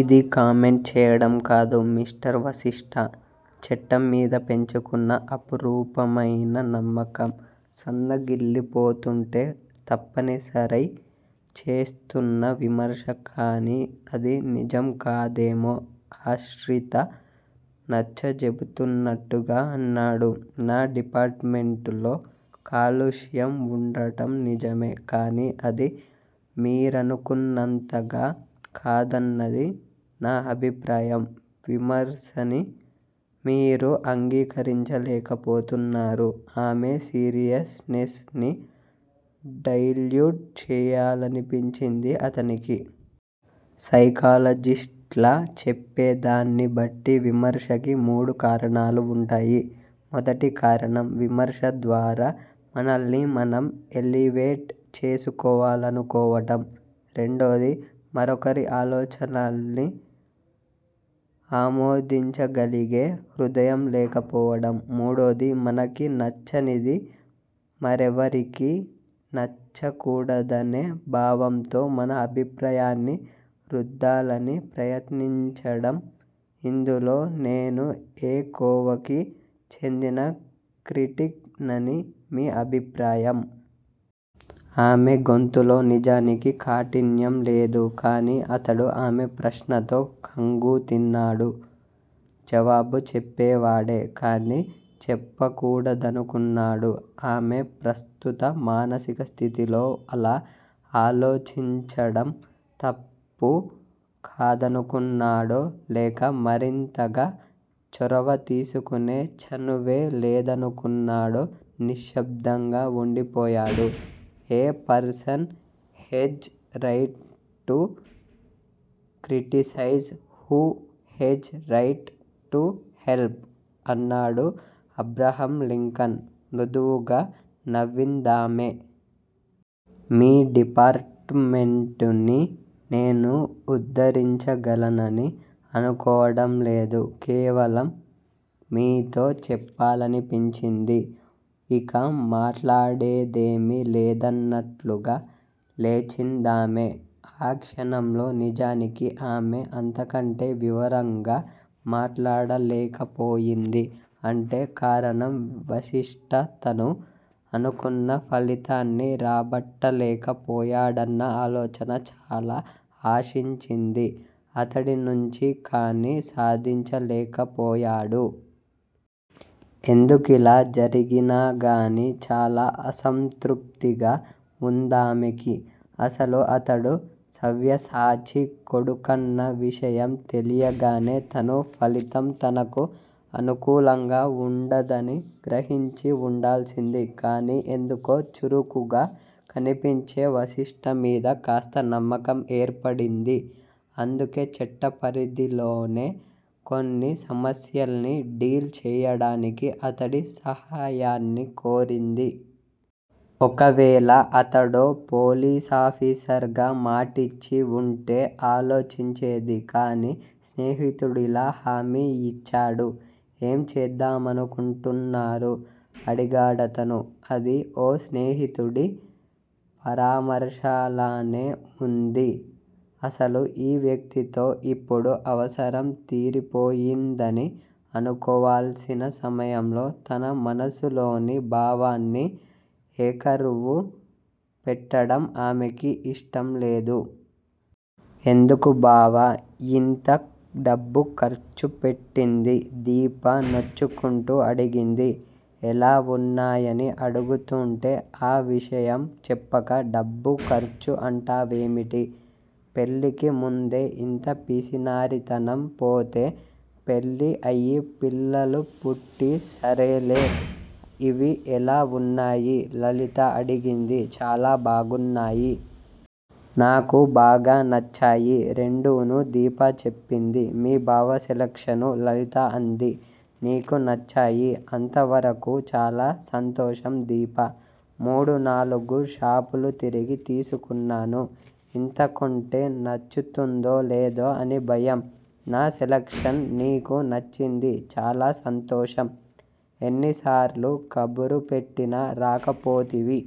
ఇది కామెంట్ చేయడం కాదు మిస్టర్ వశిష్టా! చట్టంమీద పెంచుకున్న అపురూపమైన నమ్మకం సన్నగిల్లి పోతుంటే తప్పనిసరై చేస్తున్న విమర్శ కాని అది నిజం కాదేమో ఆశ్రితా నచ్చచెబుతున్నట్టుగా అన్నాడు. నా డిపార్టుమెంటులో కాలుష్యం వుండటం నిజమే! కాని అది మీరనుకున్నంతగా కాదన్నది నా అభిప్రాయం విమర్సని మీరు అంగీకరించలేకపోతున్నారు ఆమె సీరియస్ నెస్ ని డైల్యూట్ చేయాలనిపించింది అతనికి. సైకాలజిస్టులు చెప్పేదాన్ని బట్టి విమర్శకి మూడు కారణాలు వుంటాయి. మొదటి కారణం- విమర్శ ద్వారా మనల్ని మనం ఎలివేట్ చేసుకోవాలనుకోవటం, రెండోది-మరొకరి ఆలోచనల్ని ఆమోదించగలిగే హృదయం లేకపోవడం, మూడోది- మనకి నచ్చనిది మరెవరికీ నచ్చకూడదనే భావంతో మన అభిప్రాయాన్ని రుద్దాలని ప్రయత్నించడం ఇందులో నేను ఏ కోవకి చెందిన క్రిటిక్ నని మీ అభిప్రాయం. ఆమె గొంతులో నిజానికి కాఠిన్యం లేదు. కాని అతడు ఆమె ప్రశ్నతో ఖంగుతిన్నాడు. జవాబు చెప్పేవాడే! కాని చెప్పకూడదనుకున్నాడు. ఆమె ప్రస్తుత మానసిక స్థితిలో అలా ఆలోచించడం తప్పు కాదనుకున్నాడో, లేక మరింతగా చొరవ తీసుకునే చనువే లేదనుకున్నాడో నిశ్శబ్దంగా వుండిపోయాడు. A person has right to criticise who has right to help అన్నాడు అబ్రహంలింకన్ మృదువుగా నవ్విందామె. మీ డిపార్టుమెంటుని నేను ఉద్దరించగలనని అనుకోవడంలేదు. కేవలం మీతో చెప్పాలనిపించింది. ఇక మాట్లాడేదేమీ లేదన్నట్లుగా లేచిందామె. ఆ క్షణంలో నిజానికి ఆమె అంతకంటే వివరంగా మాట్లాడలేకపోయిందీ అంటే కారణం వశిష్ట తను అనుకున్న ఫలితాన్ని రాబట్టలేక పోయాడన్న ఆలోచన చాలా ఆశించింది అతడినుంచి కాని సాధించలేకపోయాడు. ఎందుకిలా జరిగినాగాని చాలా అసంతృప్తిగా వుందామెకి. అసలు అతడు సవ్యసాచి కొడుకన్న విషయం తెలియగానే తను ఫలితం తనకు అనుకూలంగా వుండదని గ్రహించి వుండాల్సింది కాని ఎందుకో చురుకుగా కనిపించే వశిష్ట మీద కాస్త నమ్మకం ఏర్పడింది. అందుకే చట్టపరిధిలోనే కొన్ని సమస్యల్ని డీల్ చేయడానికి అతడి సహాయాన్ని కోరింది. ఒకవేళ అతడో పోలీసాఫీసర్ గా మాటిచ్చి వుంటే ఆలోచించేది కాని స్నేహితుడిలా హామీ యిచ్చాడు. ఏం చేద్దామనుకుంటున్నారు? అడిగాడతను. అదీ ఓ స్నేహితుడి పరామర్శలానే వుంది. అసలు ఈ వ్యక్తితో ఇప్పుడు అవసరం తీరిపోయిందని అనుకోవాల్సిన సమయంలో తన మనసులోని భావాన్ని ఏకరువు పెట్టడం ఆమెకీ ఇష్టంలేదు. ఎందుకు బావా యింత డబ్బు ఖర్చుపెట్టింది. దీప నొచ్చుకుంటూ అడిగింది. ఎలా వున్నాయని అడుగుతుంటే ఆ విషయం చెప్పక డబ్బు ఖర్చు అంటావేమిటి. పెళ్ళికి ముందే ఇంత పిసినారితనం పోతే పెళ్ళి అయి పిల్లలు పుట్టి సరేలే ఇవి ఎలా వున్నాయి లలిత అడిగింది. చాలా బాగున్నాయి. నాకు బాగా నచ్చాయి రెండూను దీప చెప్పింది. మీ బావ సెలక్షను లలిత అంది. నీకు నచ్చాయి అంతవరకూ చాలా సంతోషం దీపా! మూడునాలుగు షాపులు తిరిగి తీసుకున్నాను. ఇంతాకొంటే నచ్చుతుందో లేదో అని భయం. నా సెలక్షన్ నీకు నచ్చింది చాలా సంతోషం ఎన్నిసార్లు కబురు పెట్టినా రాకపోతివి.